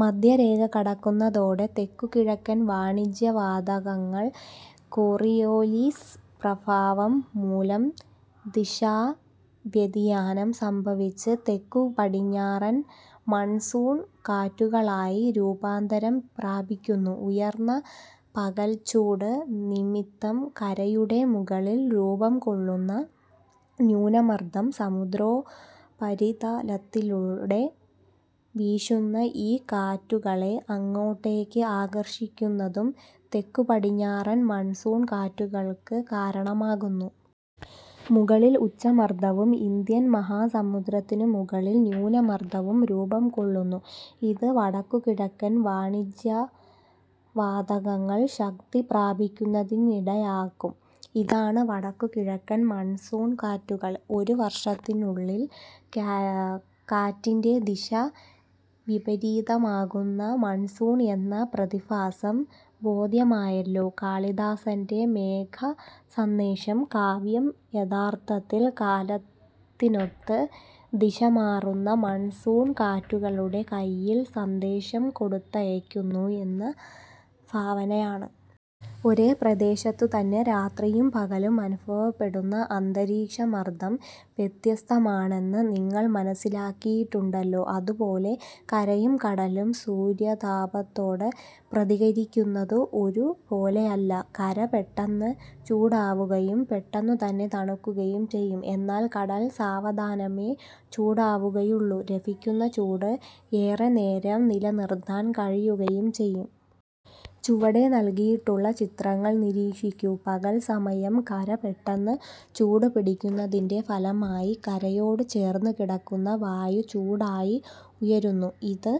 മധ്യ രേഖ കടക്കുന്നതോടെ തെക്കു കിഴക്കൻ വാണിജ്യവാതങ്ങൾ കോറിയോലിസ് പ്രഭാവം മൂലം ദിശാ വ്യതിയാനം സംഭവിച്ച് തെക്കുപടിഞ്ഞാറൻ മൺസൂൺ കാറ്റുകളായി രൂപാന്തരം പ്രാപിക്കുന്നു. ഉയർന്ന പകൽച്ചൂട് നിമിത്തം കരയുടെ മുകളിൽ രൂപംകൊള്ളുന്ന ന്യൂനമർദം സമുദ്രോപരിതലത്തിലൂടെ വീശുന്ന ഈ കാറ്റുകളെ അങ്ങോട്ടേക്ക് ആകർഷിക്കുന്നതും തെക്കുപടിഞ്ഞാറൻ മൺസൂൺ കാറ്റുകൾക്ക് കാരണമാകുന്നു. മുകളിൽ ഉച്ചമർദവും ഇന്ത്യൻ മഹാസമുദ്രത്തിനു മുകളിൽ ന്യൂനമർദവും രൂപംകൊള്ളുന്നു. ഇത് വടക്കുകിഴക്കൻ വാണിജ്യവാതങ്ങൾ ശക്തി പ്രാപിക്കുന്നതിനിടയാക്കും. ഇതാണ് വടക്കുകിഴക്കൻ മൺസൂൺ കാറ്റുകൾ. ഒരു വർഷത്തിനുള്ളിൽ കാറ്റിന്റെ ദിശ വിപരീതമാകുന്ന മൺസൂൺ എന്ന പ്രതിഭാസം ബോധ്യമായല്ലോ. കാളിദാസന്റെ മേഘസന്ദേശം കാവ്യം യഥാർഥത്തിൽ കാലത്തിനൊത്ത് ദിശമാറുന്ന മൺസൂൺ കാറ്റുകളുടെ കൈയിൽ സന്ദേശം കൊടുത്തയയ്ക്കുന്നു എന്ന ഭാവനയാണ്! ഒരേ പ്രദേശത്തു തന്നെ രാത്രിയും പകലും അനുഭവപ്പെടുന്ന അന്തരീക്ഷ മർദം വ്യത്യസ്തമാണെന്ന് നിങ്ങൾ മനസ്സിലാക്കിയിട്ടുണ്ടല്ലോ. അതു പോലെ കരയും കടലും സൂര്യതാപത്തോട് പ്രതികരിക്കുന്നതു ഒരുപോലെയല്ല. കര പെട്ടെന്ന് ചൂടാവുകയും പെട്ടെന്നുതന്നെ തണുക്കുകയും ചെയ്യും. എന്നാൽ കടൽ സാവധാനമേ ചൂടാവുകയുളളൂ. ലഭിക്കുന്ന ചൂട് ഏറെനേരം നില നിർത്താൻ കഴിയുകയും ചെയ്യും. ചുവടെ നൽകിയിട്ടുള്ള ചിത്രങ്ങൾ നിരീക്ഷിക്കൂ. പകൽസമയം കര പെട്ടെന്ന് ചൂടുപിടിക്കുന്നതിന്റെ ഫലമായി കരയോട് ചേർന്നുകിടക്കുന്ന വായു ചൂടായി ഉയരുന്നു. ഇത്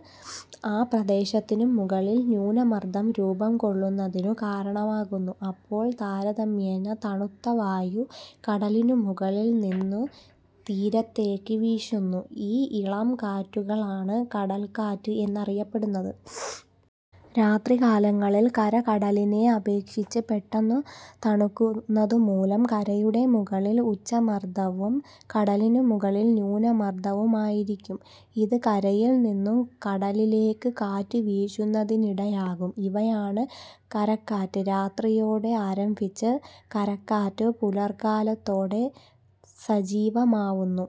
ആ പ്രദേശത്തിനു മുകളിൽ ന്യൂനമർദം രൂപംകൊള്ളുന്നതിനു കാരണമാകുന്നു. അപ്പോൾ താരതമ്യേന തണുത്ത വായു കടലിനുമുകളിൽ നിന്നു തീരത്തേക്ക് വീശുന്നു. ഈ ഇളംകാറ്റുകളാണ് കടൽക്കാറ്റ് എന്നറിയപ്പെടുന്നത്. രാത്രികാലങ്ങളിൽ കര കടലിനെ അപേക്ഷിച്ച് പെട്ടെന്നു തണുക്കുന്നതുമൂലം കരയുടെ മുകളിൽ ഉച്ചമർദവും കടലിനുമുകളിൽ ന്യൂനമർദവുമായിരിക്കും. ഇത് കരയിൽ നിന്നു കടലിലേക്ക് കാറ്റു വീശുന്നതിനിടയാക്കും. ഇവയാണ് കരക്കാറ്റ്. രാത്രിയോടെ ആരംഭിച്ച് കരക്കാറ്റ് പുലർകാലത്തോടെ സജീവമാവുന്നു;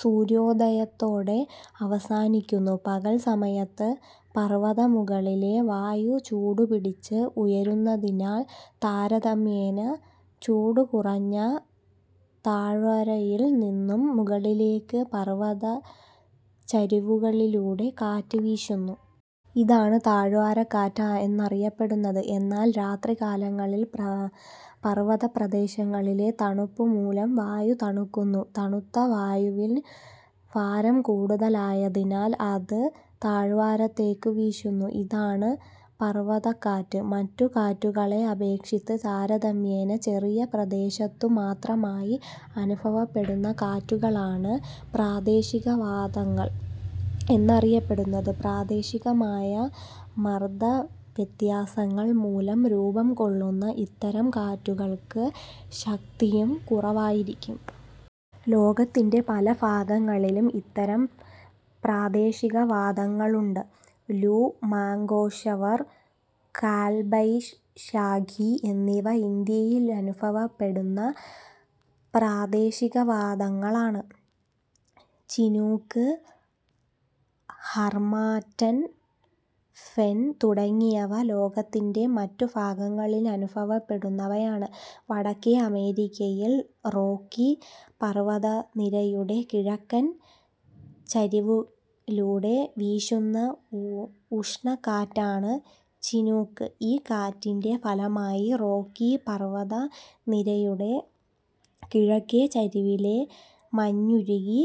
സൂര്യോദയത്തോടെ അവസാനിക്കുന്നു. പകൽസമയത്ത് പർവതമുകളിലെ വായു ചൂടുപിടിച്ച് ഉയരുന്നതിനാൽ താരതമ്യേന ചൂടുകുറഞ്ഞ താഴ്വരയിൽ നിന്നും മുകളിലേക്ക് പർവതച്ചരിവുകളിലൂടെ കാറ്റ് വീശുന്നു. ഇതാണ് താഴ്വരക്കാറ്റ് എന്നറിയപ്പെടുന്നത്. എന്നാൽ രാത്രികാലങ്ങളിൽ പർവതപ്രദേശങ്ങളിലെ തണുപ്പു മൂലം വായു തണുക്കുന്നു. തണുത്ത വായുവിന് ഭാരം കൂടുതലായതിനാൽ അത് താഴ്വാരത്തേക്കു വീശുന്നു. ഇതാണ് പർവതക്കാറ്റ്. മറ്റു കാറ്റുകളെ അപേക്ഷിച്ച് താരതമ്യേന ചെറിയ പ്രദേശത്തുമാത്രമായി അനുഭവപ്പെടുന്ന കാറ്റുകളാണ് പ്രാദേശികവാതങ്ങൾ എന്നറിയപ്പെടുന്നത്. പ്രാദേശികമായ മർദവ്യത്യാസങ്ങൾ മൂലം രൂപംകൊള്ളുന്ന ഇത്തരം കാറ്റുകൾക്ക് ശക്തിയും കുറവായിരിക്കും. ലോകത്തിന്റെ പലഭാഗങ്ങളിലും ഇത്തരം പ്രാദേശികവാതങ്ങളുണ്ട്. ലൂ, മാംഗോഷവർ, കാൽബൈശാഖി എന്നിവ ഇന്ത്യയിലനുഭവപ്പെടുന്ന പ്രാദേശികവാതങ്ങളാണ്. ചിനൂക്ക്, ഹർമാറ്റൻ, ഫൊൻ തുടങ്ങിയവ ലോകത്തിന്റെ മറ്റു ഭാഗങ്ങളിലനുഭവപ്പെടുന്നവയാണ്. വടക്കേ അമേരിക്കയിലെ റോക്കി പർവതനിരയുടെ കിഴക്കൻ ചരിവിലൂടെ വീശുന്ന ഉഷ്ണ കാറ്റാണ് ചിനൂക്ക്. ഈ കാറ്റിന്റെ ഫലമായി റോക്കി പർവത നിരയുടെ കിഴക്കേ ചരിവിലെ മഞ്ഞുരുകി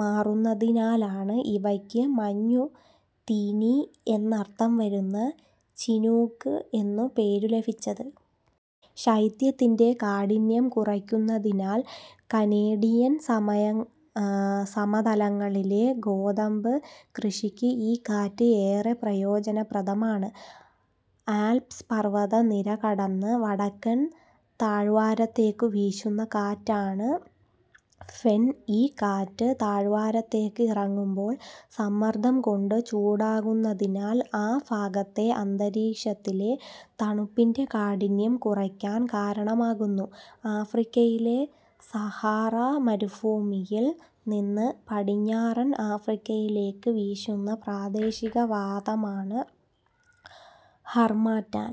മാറുന്നതിനാലാണ് ഇവയ്ക്ക് മഞ്ഞു തീനി എന്നർഥം വരുന്ന ചിനൂക്ക് എന്നു പേരു ലഭിച്ചത്. ശൈത്യത്തിന്റെ കാഠിന്യം കുറയ്ക്കുന്നതിനാൽ കനേഡിയൻ സമതലങ്ങളിലെ ഗോതമ്പ് കൃഷിക്ക് ഈ കാറ്റ് ഏറെ പ്രയോജനപ്രദമാണ്. ആൽപ്സ് പർവതനിര കടന്ന് വടക്കൻ താഴ്വാരത്തേക്കു വീശുന്ന കാറ്റാണ് ഫൊൻ. ഈ കാറ്റ് താഴ്വാരത്തേക്ക് ഇറങ്ങുമ്പോൾ സമ്മർദംകൊണ്ട് ചൂടാകുന്നതിനാൽ ആ ഭാഗത്തെ അന്തരീക്ഷത്തിലെ തണുപ്പിന്റെ കാഠിന്യം കുറയാൻ കാരണമാകുന്നു. ആഫ്രിക്കയിലെ സഹാറ മരുഭൂമിയിൽ നിന്ന് പടിഞ്ഞാറൻ ആഫ്രിക്കയിലേക്ക് വീശുന്ന പ്രാദേശിക വാതമാണ് ഹർമാറ്റൻ.